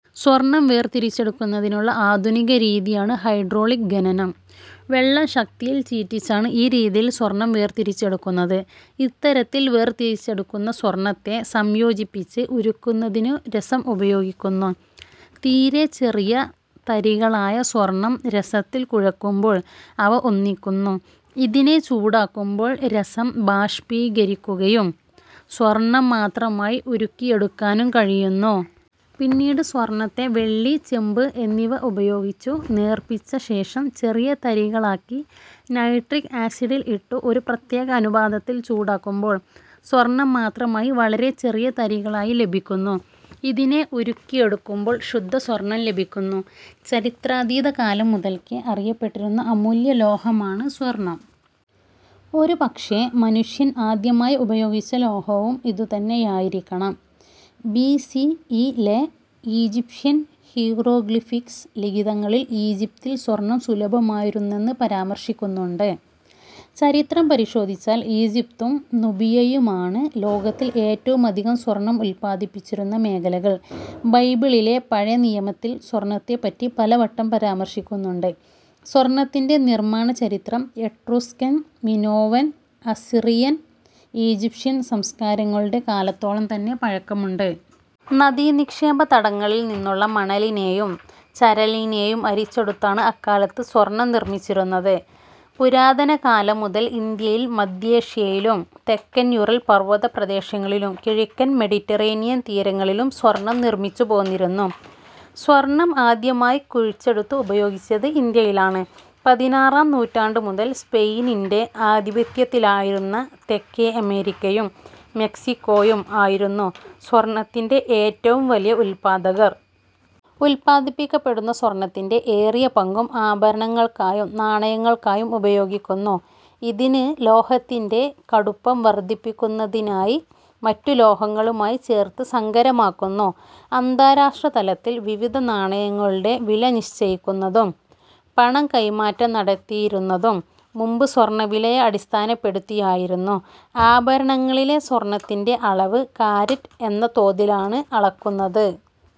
സ്വർണ്ണം വേർതിരിച്ചെടുക്കുന്നതിനുള്ള ആധുനികരീതിയാണ് ഹൈഡ്രോളിക് ഖനനം. വെള്ളം ശക്തിയിൽ ചീറ്റിച്ചാണ് ഈ രീതിയിൽ സ്വർണ്ണം വേർതിരിച്ചെടുക്കുന്നത്. ഇത്തരത്തിൽ വേർതിരിച്ചെടുക്കുന്ന സ്വർണ്ണത്തെ സംയോജിപ്പിച്ച് ഉരുക്കുന്നത്തിനു രസം ഉപയോഗിക്കുന്നു. തീരെ ചെറിയ തരികളായ സ്വർണം രസത്തിൽ കുഴക്കുമ്പോൾ അവ ഒന്നിക്കുന്നു ഇതിനെ ചൂടാക്കുമ്പോൾ രസം ബഷ്പീകരിക്കുകയും സ്വർണം മാത്രമായി ഉരുക്കിയെടുക്കാനും കഴിയുന്നു. പിന്നീട് സ്വർണത്തെ വെള്ളി, ചെമ്പ് എന്നിവ ഉപയോഹിച്ചു നേർപ്പിച്ച ശേഷം ചെറിയ തരികലക്കി നൈട്രിക് ആസിഡിൽ ഇട്ടു ഒരു പ്രത്യേക അനുപാതത്തിൽ ചൂടാക്കുമ്പോൾ സ്വർണം മാത്രമായി വളരെ ചെറിയ തരികളായി ലെഭിക്കുന്നു ഇതിനെ ഉരുക്കിയെടുക്കുമ്പോൾ ശുദ്ധ സ്വർണം ലെഭിക്കുന്നു. ചരിത്രാതീത കാലം മുതൽക്കേ അറിയപ്പെട്ടിരുന്ന അമൂല്യലോഹമാണ് സ്വർണ്ണം. ഒരുപക്ഷേ മനുഷ്യൻ ആദ്യമായി ഉപയോഗിച്ച ലോഹവും ഇതുതന്നെയായിരിക്കണം. ബി. സി. ഇ. ലെ ഈജിപ്ഷ്യൻ ഹീറോഗ്ലിഫിക്സ് ലിഖിതങ്ങളിൽ ഈജിപ്തിൽ സ്വർണ്ണം സുലഭമായിരുന്നെന്ന് പരാമർശിക്കുന്നുണ്ട്. ചരിത്രം പരിശോധിച്ചാൽ ഈജിപ്തും നുബിയയുമാണ് ലോകത്തിൽ ഏറ്റവുമധികം സ്വർണ്ണം ഉല്പ്പാദിപ്പിച്ചിരുന്ന മേഖലകൾ. ബൈബിളിലെ പഴയ നിയമത്തിൽ സ്വർണ്ണത്തെപ്പറ്റി പലവട്ടം പരാമർശിക്കുന്നുണ്ട്. സ്വർണ്ണത്തിന്റെ നിർമ്മാണചരിത്രം എട്രൂസ്കൻ, മിനോവൻ, അസ്സിറിയൻ, ഈജിപ്ഷ്യൻ സംസ്കാരങ്ങളുടെ കാലത്തോളം തന്നെ പഴക്കമുണ്ട്. നദീനിക്ഷേപതടങ്ങളിൽ നിന്നുള്ള മണലിനെയും ചരലിനേയും അരിച്ചെടുത്താണ് അക്കാലത്ത് സ്വർണ്ണം നിർമ്മിച്ചിരുന്നത്. പുരാതനകാലം മുതൽ ഇന്ത്യയിൽ മദ്ധ്യേഷ്യയിലും തെക്കൻ യുറൽ പർവ്വത പ്രദേശങ്ങളിലും കിഴക്കൻ മെഡിറ്ററേനിയൻ തീരങ്ങളിലും സ്വർണ്ണം നിർമ്മിച്ചു പോന്നിരുന്നു. സ്വർണ്ണം ആദ്യമായി കുഴിച്ചെടുത്ത് ഉപയോഗിച്ചത് ഇന്ത്യയിലാണ്. പതിനാറാം നൂറ്റാണ്ടു മുതൽ സ്പെയിനിന്റെ ആധിപത്യത്തിലായിരുന്ന തെക്കേ അമേരിക്കയും മെക്സിക്കോയും ആയിരുന്നു സ്വർണ്ണത്തിന്റെ ഏറ്റവും വലിയ ഉൽപ്പാദകർ. ഉൽപ്പാദിപ്പിക്കപ്പെടുന്ന സ്വർണ്ണത്തിന്റെ ഏറിയ പങ്കും ആഭരണങ്ങൾക്കായും നാണയങ്ങൾക്കായും ഉപയോഗിക്കുന്നു. ഇതിന് ലോഹത്തിന്റെ കടുപ്പം വർദ്ധിപ്പിക്കുന്നതിനായി മറ്റു ലോഹങ്ങളുമായി ചേർത്ത് സങ്കരമാക്കുന്നു. അന്താരാഷ്ട്രതലത്തിൽ വിവിധ നാണയങ്ങളുടെ വില നിശ്ചയിക്കുന്നതും പണം കൈമാറ്റം നടത്തിയിരുന്നതും മുൻപ് സ്വർണ്ണവിലയെ അടിസ്ഥാനപ്പെടുത്തിയായിരുന്നു. ആഭരണങ്ങളിലെ സ്വർണ്ണത്തിന്റെ അളവ് കാരറ്റ് എന്ന തോതിലാണ് അളക്കുന്നത്.